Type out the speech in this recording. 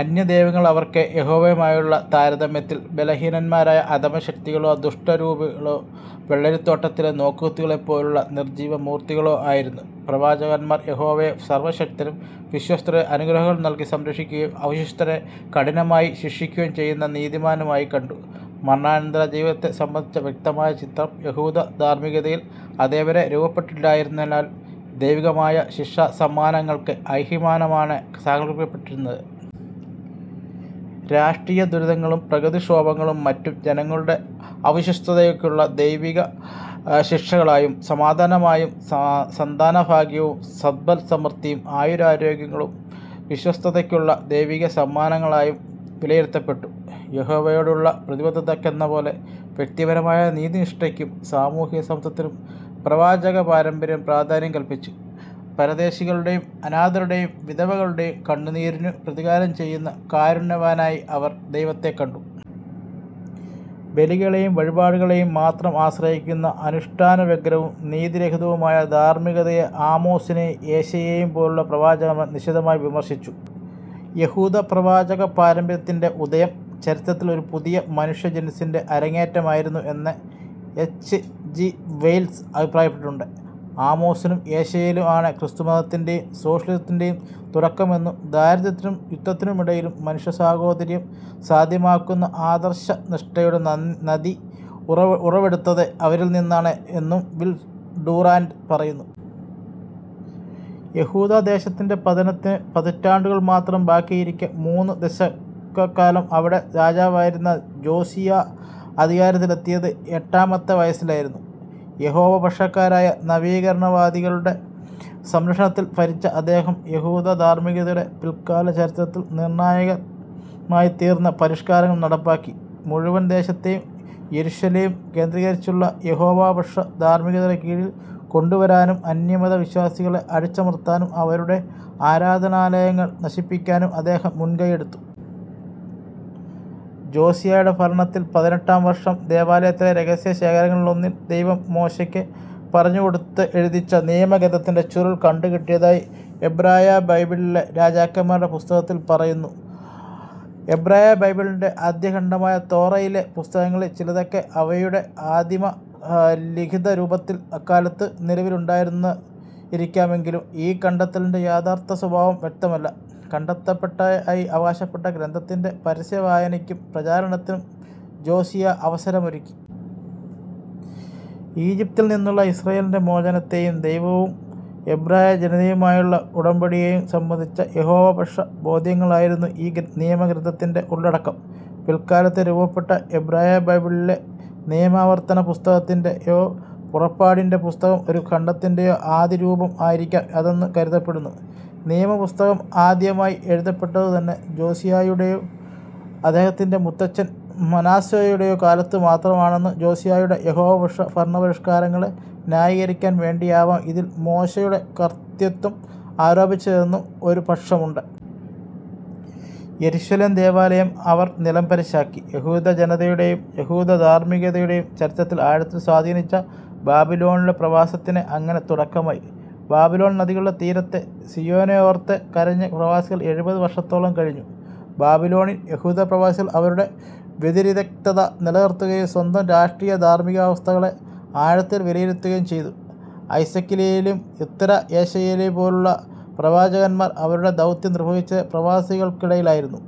അന്യദൈവങ്ങൾ അവർക്ക് യഹോവയുമായുള്ള താരതമ്യത്തിൽ ബലഹീനന്മാരായ അധമശക്തികളോ, ദുഷ്ടരൂപികളോ, വെള്ളരിത്തോട്ടത്തിലെ നോക്കുകുത്തികളെപ്പോലുള്ള നിർജ്ജീവമൂർത്തികളോ ആയിരുന്നു. പ്രവാചകന്മാർ യഹോവയെ സർവശക്തനും വിശ്വസ്തരെ അനുഗ്രഹങ്ങൾ നൽകി സംരക്ഷിക്കുകയും അവിശ്വസ്തരെ കഠിനമായി ശിക്ഷിക്കുകയും ചെയ്യുന്ന നീതിമാനും ആയി കണ്ടു. മരണാനന്തരജീവിതത്തെ സംബന്ധിച്ച വ്യക്തമായ ചിത്രം യഹൂദധാർമ്മികതയിൽ അതേവരേ രൂപപ്പെട്ടിട്ടില്ലായിരുന്നതിനാൽ ദൈവികമായ ശിക്ഷാസമ്മാനങ്ങൾക്ക് ഐഹികമാനമാണ് സങ്കല്പിക്കപ്പെട്ടിരുന്നത്. രാഷ്ട്രീയമായ ദുരിതങ്ങളും പ്രകൃതിക്ഷോഭങ്ങളും മറ്റും ജനങ്ങളുടെ അവിശ്വസ്തതയ്ക്കുള്ള ദൈവികശിക്ഷകളായും; സമാധാനവും, സന്താനഭാഗ്യവും സമ്പദ്സമൃദ്ധിയും ആയുരാരോഗ്യങ്ങളും വിശ്വസ്തതയ്ക്കുള്ള ദൈവികസമ്മാനങ്ങളായും വിലയിരുത്തപ്പെട്ടു. യഹോവയോടുള്ള പ്രതിബദ്ധതക്കെന്ന പോലെ വ്യക്തിപരമായ നീതിനിഷ്ഠക്കും സാമൂഹികസമത്വത്തിനും പ്രവാചകപാരമ്പര്യം പ്രാധാന്യം കല്പിച്ചു. പരദേശികളുടേയും അനാഥരുടേയും വിധവകളുടേയും കണ്ണുനീരിനു പ്രതികാരം ചെയ്യുന്ന കാരുണ്യവാനായി അവർ ദൈവത്തെ കണ്ടു. ബലികളേയും വഴിപാടുകളേയും മാത്രം ആശ്രയിക്കുന്ന അനുഷ്ഠാനവ്യഗ്രവും നീതിരഹിതവുമായ ധാർമ്മികതയെ ആമോസിനേയുംഏശയ്യായേയും പോലുള്ള പ്രവാചകന്മാർ നിശിതമായി വിമർശിച്ചു. യഹൂദപ്രവാചകപാരമ്പര്യത്തിന്റെ ഉദയം, ചരിത്രത്തിൽ ഒരു പുതിയ മനുഷ്യജനുസ്സിന്റെ അരങ്ങേറ്റമായിരുന്നു എന്ന് എച്ച്. ജി. വെൽസ് അഭിപ്രായപ്പെട്ടിട്ടുണ്ട്. "ആമോസിലും ഏശയ്യായിലും ആണ് ക്രിസ്തുമതത്തിന്റേയും സോഷ്യലിസത്തിന്റേയും തുടക്കമെന്നും ദാരിദ്ര്യത്തിനും യുദ്ധത്തിനുമിടയിലും മനുഷ്യസാഹോദര്യം സാധ്യമാക്കുന്ന ആദർശനിഷ്ഠയുടെ നദി ഉറവെടുത്തത് അവരിൽ നിന്നാണ്" എന്നും വിൽ ഡുറാന്റ് പറയുന്നു. യൂദയാ ദേശത്തിന്റെ പതനത്തിനു പതിറ്റാണ്ടുകൾ മാത്രം ബാക്കിയിരിക്കെ മൂന്നു ദശകക്കാലം അവിടെ രാജാവായിരുന്ന ജോസിയാ അധികാരത്തിലെത്തിയത് എട്ടാമത്തെ വയസ്സിലായിരുന്നു. യഹോവപക്ഷക്കാരായ നവീകരണവാദികളുടെ സംരക്ഷണത്തിൽ ഭരിച്ച അദ്ദേഹം യഹൂദധാർമ്മികതയുടെ പിൽക്കാലചരിത്രത്തിൽ നിർണ്ണായകമായിത്തീർന്ന പരിഷ്കാരങ്ങൾ നടപ്പാക്കി. മുഴുവൻ ദേശത്തേയും യെരുശലേം കേന്ദ്രീകരിച്ചുള്ള യഹോവാപക്ഷ ധാർമ്മികതയുടെ കീഴിൽ കൊണ്ടുവരാനും അന്യമതവിശ്വാസങ്ങളെ അടിച്ചമർത്താനും അവരുടെ ആരാധനാലയങ്ങൾ നശിപ്പിക്കാനും അദ്ദേഹം മുൻകൈയ്യെടുത്തു. ജോസിയായുടെ ഭരണത്തിന്റെ പതിനെട്ടാം വർഷം ദേവാലയത്തിലെ രഹസ്യശേഖരങ്ങളിലൊന്നിൽ, ദൈവം മോശെക്ക് പറഞ്ഞുകൊടുത്തെഴുതിച്ച നിയമഗ്രന്ഥത്തിന്റെ ചുരുൾ കണ്ടുകിട്ടിയതായി എബ്രായബൈബിളിലെ രാജാക്കന്മാരുടെ പുസ്തകത്തിൽ പറയുന്നു. എബ്രായബൈബിളിന്റെ ആദ്യഖണ്ഡമായ തോറയിലെ പുസ്തകങ്ങളിൽ ചിലതൊക്കെ അവയുടെ ആദിമലിഖിതരൂപത്തിൽ അക്കാലത്തു നിലവിലുണ്ടായിരുന്നിരിക്കാമെങ്കിലും ഈ 'കണ്ടെത്തലിന്റെ' യഥാർത്ഥസ്വഭാവം വ്യക്തമല്ല. കണ്ടെത്തപ്പെട്ടതായി അവകാശപ്പെട്ട ഗ്രന്ഥത്തിന്റെ പരസ്യവായനക്കും പ്രചാരണത്തിനും ജോസിയാ അവസരമൊരുക്കി. ഈജിപ്തിൽ നിന്നുള്ള ഇസ്രായേലിന്റെ മോചനത്തേയും ദൈവവും എബ്രായജനതയുമായുള്ള ഉടമ്പടിയേയും സംബന്ധിച്ച യഹോവപക്ഷബോദ്ധ്യങ്ങളായിരുന്നു ഈ നിയമഗ്രന്ഥത്തിന്റെ ഉള്ളടക്കം. പിൽക്കാലത്ത് രൂപപ്പെട്ട എബ്രായബൈബിളിലെ നിയമാവർത്തനപ്പുസ്തകത്തിന്റേയോ, പുറപ്പാടിന്റെ പുസ്തകം ഒരു ഖണ്ഡത്തിന്റേയോ ആദിരൂപം ആയിരിക്കാം അതെന്നു കരുതപ്പെടുന്നു. നിയമപുസ്തകം ആദ്യമായി എഴുതപ്പെട്ടതുതന്നെ ജോസിയായുടെയോ അദ്ദേഹത്തിന്റെ മുത്തച്ഛൻ മനാസ്സേയുടേയോ കാലത്തു മാത്രമാണെന്നും ജോസിയായുടെ യഹോവപക്ഷ ഭരണപരിഷ്കാരങ്ങളെ ന്യായീകരിക്കാൻ വേണ്ടിയാവാം ഇതിൽ മോശയുടെ കർതൃത്വം ആരോപിച്ചതെന്നും ഒരു പക്ഷമുണ്ട്. യെരുശലേം ദേവാലയം അവർ നിലംപരിശാക്കി. യഹൂദജനതയുടേയും യഹൂദധാർമ്മികതയുടേയും ചരിത്രത്തെ ആഴത്തിൽ സ്വാധീനിച്ച ബാബിലോണിലെ പ്രവാസത്തിന് അങ്ങനെ തുടക്കമായി. "ബാബിലോൺ നദികളുടെ തീരത്ത് സിയോനെയോർത്തു കരഞ്ഞ്" പ്രവാസികൾ എഴുപതു വർഷത്തോളം കഴിഞ്ഞു. ബാബിലോണിൽ യഹൂദപ്രവാസികൾ അവരുടെ വ്യതിരിക്തത നിലനിർത്തുകയും സ്വന്തം രാഷ്ട്രീയ-ധാർമ്മികാവസ്ഥകളെ ആഴത്തിൽ വിലയിരുത്തുകയും ചെയ്തു. എസെക്കിയേലിനേയും ഉത്തര-ഏശയ്യായേയും പോലുള്ള പ്രവാചകന്മാർ അവരുടെ ദൗത്യം നിർവഹിച്ചത് പ്രവാസികൾക്കിടയിലായിരുന്നു.